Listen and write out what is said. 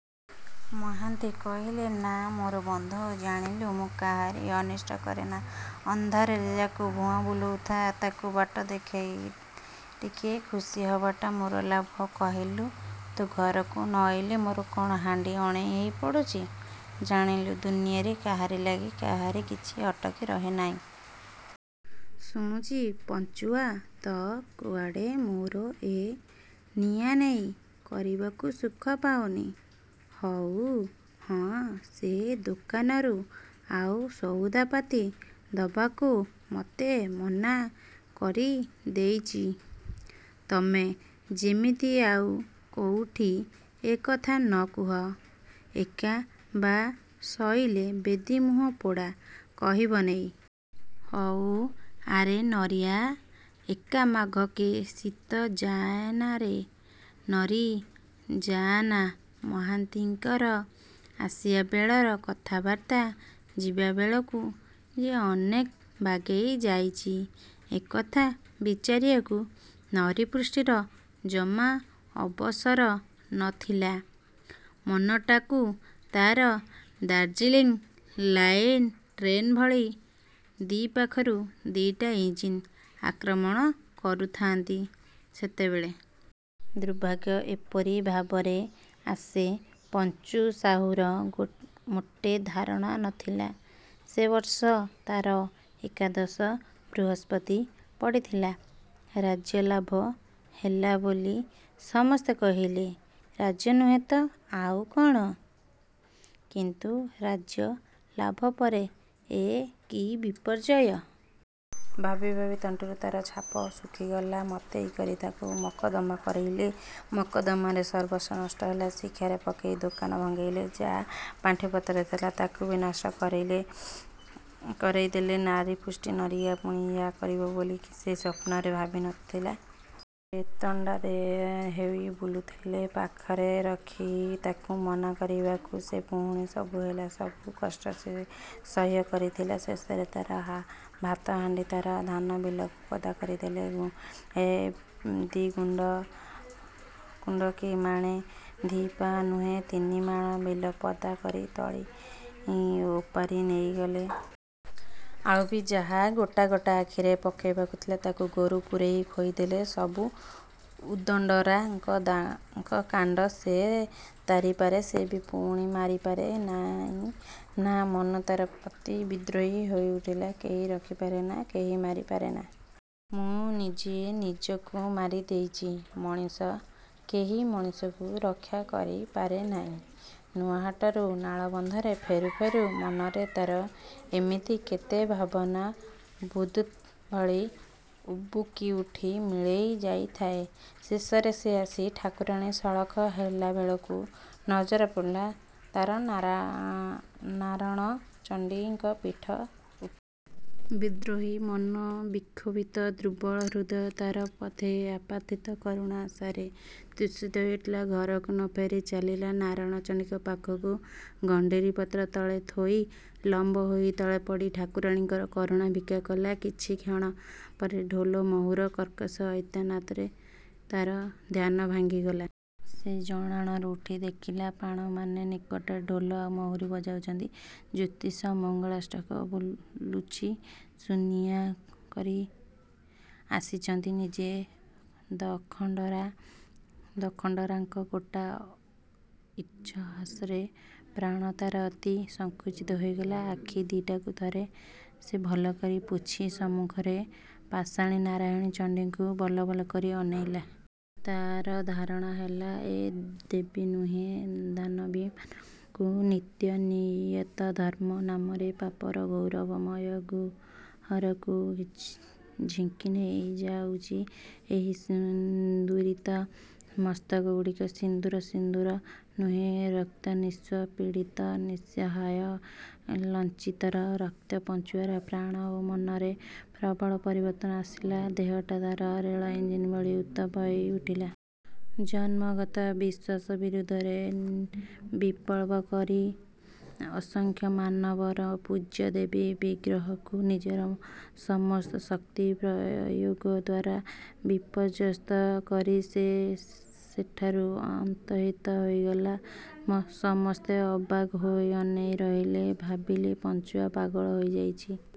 ମାହାନ୍ତି କହିଲେ, ନା ମୋର ବନ୍ଧୁ, ଜାଣିଲୁ, ମୁଁ କାହାରି, ଅନିଷ୍ଟ କରେନାଁ। ଅନ୍ଧାରରେ ଯା'କୁ ଭୁଆଁ ବୁଲଉଥା, ତାକୁ ବାଟ ଦେଖେଇ ଦେଇ ଟିକେ ଖୁସି ହବାଟାଇ ମୋର ଲାଭ। କହିଲୁ ତୋ ଘରକୁ ନ ଆଇଲେ ମୋର କଣ ହାଣ୍ଡି ଅଣେଇ ହେଇ ପଡ଼ୁଚି; ଜାଣିଲୁ, ଦୁନିଆରେ କାହାରି ଲାଗି କାହାରି କିଛି ଅଟକି ରହେନାଁ। ଶୁଣୁଚି ପଞ୍ଚୁଆ ତ କୁଆଡ଼େ ମୋର ଏ ନିଆନେଇ କରିବାକୁ ସୁଖ ପାଉନି। ହଉ–। ହଁ, ସେ ଦୋକାନରୁ ଆଉ ସଉଦାପାତି ଦବାକୁ ମତେ ମନା କରି ଦେଇଚି–ତମେ ଯେମିତି ଆଉ କୋଉଠି ଏ କଥା ନ କୁହ ଏକା। ବା' ସଇଲେ ବେଦୀ ମୁହଁ ପୋଡ଼ା କହିବ ନେଇ। ହଉ ଆ'ରେ ନରିଆ। ଏକା ମାଘକେ ଶୀତ ଯାଆନାରେ ନରି, ଯାଆନା। ମହାନ୍ତିଙ୍କର ଆସିବାବେଳର କଥାବାର୍ତ୍ତା ଯିବାବେଳକୁ ଯେ ଅନେକ ବାଗେଇ ଯାଇଚି, ଏକଥା ବିଚାରିବାକୁ ନରୀପୁଷ୍ଟିର ଜମା ଅବସର ନ ଥିଲା। ମନଟାକୁ ତାର ଦାର୍ଜିଲିଂ ଲାଇନ୍ର ଟ୍ରେନ ଭଳି ଦି'ପାଖରୁ ଦି'ଟା ଇଞ୍ଜିନ ଆକ୍ରମଣ କରୁଥାନ୍ତି ସେତେବେଳେ। ଦୁର୍ଭାଗ୍ୟ ଏପରି ଭାବରେ ଆସେ, ପଞ୍ଚୁ ସାହୁର ମୋଟେ ଧାରଣା ନଥିଲା। ସେ ବର୍ଷ ତାର ଏକାଦଶ ବୃହସ୍ପତି ପଡ଼ିଥିଲା। ରାଜ୍ୟ ଲାଭ ହେଲା ବୋଲି ସମସ୍ତେ କହିଲେ। ରାଜ୍ୟ ନୁହେଁ ତ ଆଉ କଣ। କିନ୍ତୁ ରାଜ୍ୟ ଲାଭ ପରେ ଏ କି ବିପର୍ଯ୍ୟୟ? ଭାବି ଭାବି ତଣ୍ଟିରୁ ତାର ଛାପ ଶୁଖିଗଲା ମତେଇ କରି ତାକୁ ମକଦ୍ଦମା କରେଇଲେ। ମକଦ୍ଦମାରେ ସର୍ବସ୍ଵ ନଷ୍ଟ ହେଲା। ଶିକ୍ଷାରେ ପକେଇ ଦୋକାନ ଭଙ୍ଗେଇଲେ–ଯାହା ପାଣ୍ଠିପତ୍ର ଥିଲା ତାକୁ ବି ନଷ୍ଟ କରେଇ ଦେଲେ। ନାରୀ ପୁଷ୍ଟି–ନରୀଆ ପୁଣି ୟା, କରିବ ବୋଲି ସେ ସ୍ୱପ୍ନରେ ଭାବି ନ ଥିଲା। ଫେତଣ୍ଡା ହେଇ ବୁଲୁଥିଲେ। ପାଖରେ ରଖି ତାକୁ କାମନା କରିବାରୁ... ସେ ପୁଣି...। ସବୁ ହେଲା। ସବୁ କଷ୍ଟ ସେ ସହ୍ୟ କରିଥିଲା। ଶେଷରେ ତାର ଭାତହାଣ୍ଡି–ତାର ଧାନବିଲକୁ ପଦା କରିଦେଲେ। ଗୁଣ୍ଠେ ଦିଗୁଣ୍ଠ କି ମାଣେ ଦି'ପା ନୁହେଁ, ତିନି ମାଣ ବିଲ ପଦା କରି ତଳି ଓପାରି ନେଇଗଲେ! ଆଉ ବି ଯାହା ଗୋଟା ଗୋଟା ଆଖିରେ ପକେଇବାକୁ ଥିଲା, ତାକୁ ଗୋରୁ ପୁରେଇ ଖୋଇଦେଲେ! ସବୁ ଉଦଣ୍ଡରା'ଙ୍କ କାଣ୍ଡ। ସେ ତାରିପାରେ ସେଇ ବି ପୁଣି ମାରିପାରେ। ନାଁ... ନା–ମନ ତାର ଅତି ବିଦ୍ରୋହୀ ହୋଇଉଠିଲା। କେହି ରଖି ପାରେ ନାଁ, କେହି ମାରି ପାରେ ନା। ମୁଁ ନିଜେ ନିଜକୁ ମାରି ଦେଇଛି। ମଣିଷ କେହି ମଣିଷକୁ ରକ୍ଷା କରି ପାରେ ନାଁ– ନୂଆହାଟରୁ ନାଳବନ୍ଧରେ ଫେରୁ ଫେରୁ ମନରେ ତାର ଏମିତି କେତେ ଭାବନା ବୁଦ୍ବୁଦ୍ ଭଳି ଉବୁକି ଉଠି ମିଳେଇ ଯାଉଥାଏ। ଶେଷରେ ସେ ଆସି ଠାକୁରାଣୀ ସଳଖ ହେଲାବେଳକୁ ନଜର ପଡ଼ିଲା ତାର ନାରଣ ଚଣ୍ଡୀଙ୍କ ପୀଠ ଉପରେ। ବିଦ୍ରେହୀ ମନ, ବିକ୍ଷୋଭିତ ଦୁର୍ବଳ ହୃଦୟ ତାର ଥରେ ଆପାର୍ଥିବ କରୁଣା ଆଶାରେ ତୃଷିତ ହୋଇଉଠିଲା। ଘରକୁ ନ ଫେରି ଚାଲିଲା ନାରଣ ଚଣ୍ଡୀଙ୍କ ପାଖକୁ। ଗଣ୍ଠିରି ପତ୍ର ତଳେ ଥୋଇ ଲମ୍ବ ହୋଇ ତଳେ ପଡ଼ି ଠାକୁାଣୀଙ୍କର କରୁଣା ଭିକ୍ଷା କଲା। କିଛିକ୍ଷଣ ପରେ ଢୋଲ ଓ ମହୁରୀର କର୍କଶ ଐକ୍ୟତାନରେ ତାର ଧ୍ୟାନ ଭାଙ୍ଗିଗଲା। ସେ ଜଣାଣରୁ ଉଠି ଦେଖିଲା ପାଣମାନେ ନିକଟରେ ଢୋଲ ଆଉ ମହୁରୀ ବଜାଉଛନ୍ତି, ଜ୍ୟୋତିଷ ମଙ୍ଗଳାଷ୍ଟକ ବୋଲୁଚି–ସୁନିଆଁ କରି ଆସିଛନ୍ତି ନିଜେ ଦଖଣ୍ଡରା। ଦଖଣ୍ଡରା'ଙ୍କ ଗୋଟା ଅଟ୍ଟହାସରେ ପ୍ରାଣ ତାର ଅତି ସଙ୍କୁଚିତ ହୋଇଗଲା। ଆଖି ଦିଟାକୁ ଥରେ ସେ ଭଲକରି ପୋଛି ସମ୍ମୁଖରେ ପାଷାଣୀ ନାରାୟଣୀ ଚଣ୍ଡୀଙ୍କୁ ବଲବଲ କରି ଅନେଇଲା। ତାର ଧାରଣା ହେଲା, ଏ ଦେବୀ ନୁହେଁ ଦାନବୀ, ମାନବକୁ ନିତ୍ୟ ନିୟତ ଧର୍ମ ନାମରେ ପାପର ଗୌରବମୟ ଗହ୍ୱରକୁ ଝିଙ୍କି ନେଇ ଯାଉଚି। ଏହି ସିନ୍ଦୁରିତ ମସ୍ତକଗୁଡ଼ିକର ସିନ୍ଦୂର, ସିନ୍ଦୂର ନୁହେଁ–ରକ୍ତ; ନିଃସ୍ଵ, ନିପୀଡ଼ିତ, ନିଃସହାୟ, ଲଞ୍ଛିତର ରକ୍ତ ପଞ୍ଚୁଆର ପ୍ରାଣ, ଓ ମନରେ ପ୍ରବଳ ପରିବର୍ତ୍ତନ ଆସିଲା, ଦେହଟା ତାର ରେଳର ଇଞ୍ଜିନ୍ ଭଳି ଉତ୍ତପ୍ତ ହୋଇ ଉଠିଲା। ଜନ୍ମଗତ ବିଶ୍ୱାସ ବିରୁଦ୍ଧରେ ବିପ୍ଳବ କରି ଅସଂଖ୍ୟ ମାନବର ପୂଜ୍ୟ ଦେବୀ ବିଗ୍ରହକୁ ନିଜର ସମସ୍ତ ଶକ୍ତି ପ୍ରୟୋଗଦ୍ଵାରା ବିପର୍ଯ୍ୟସ୍ତ କରି ସେ ସେଠାରୁ ଅନ୍ତର୍ହିତ ହୋଇଗଲା। ସମସ୍ତେ ଅବାକ୍ ହୋଇ ଅନେଇ ରହିଲେ, ଭାବିଲେ ପଞ୍ଚୁଆ ପାଗଳ ହୋଇଯାଇଚି।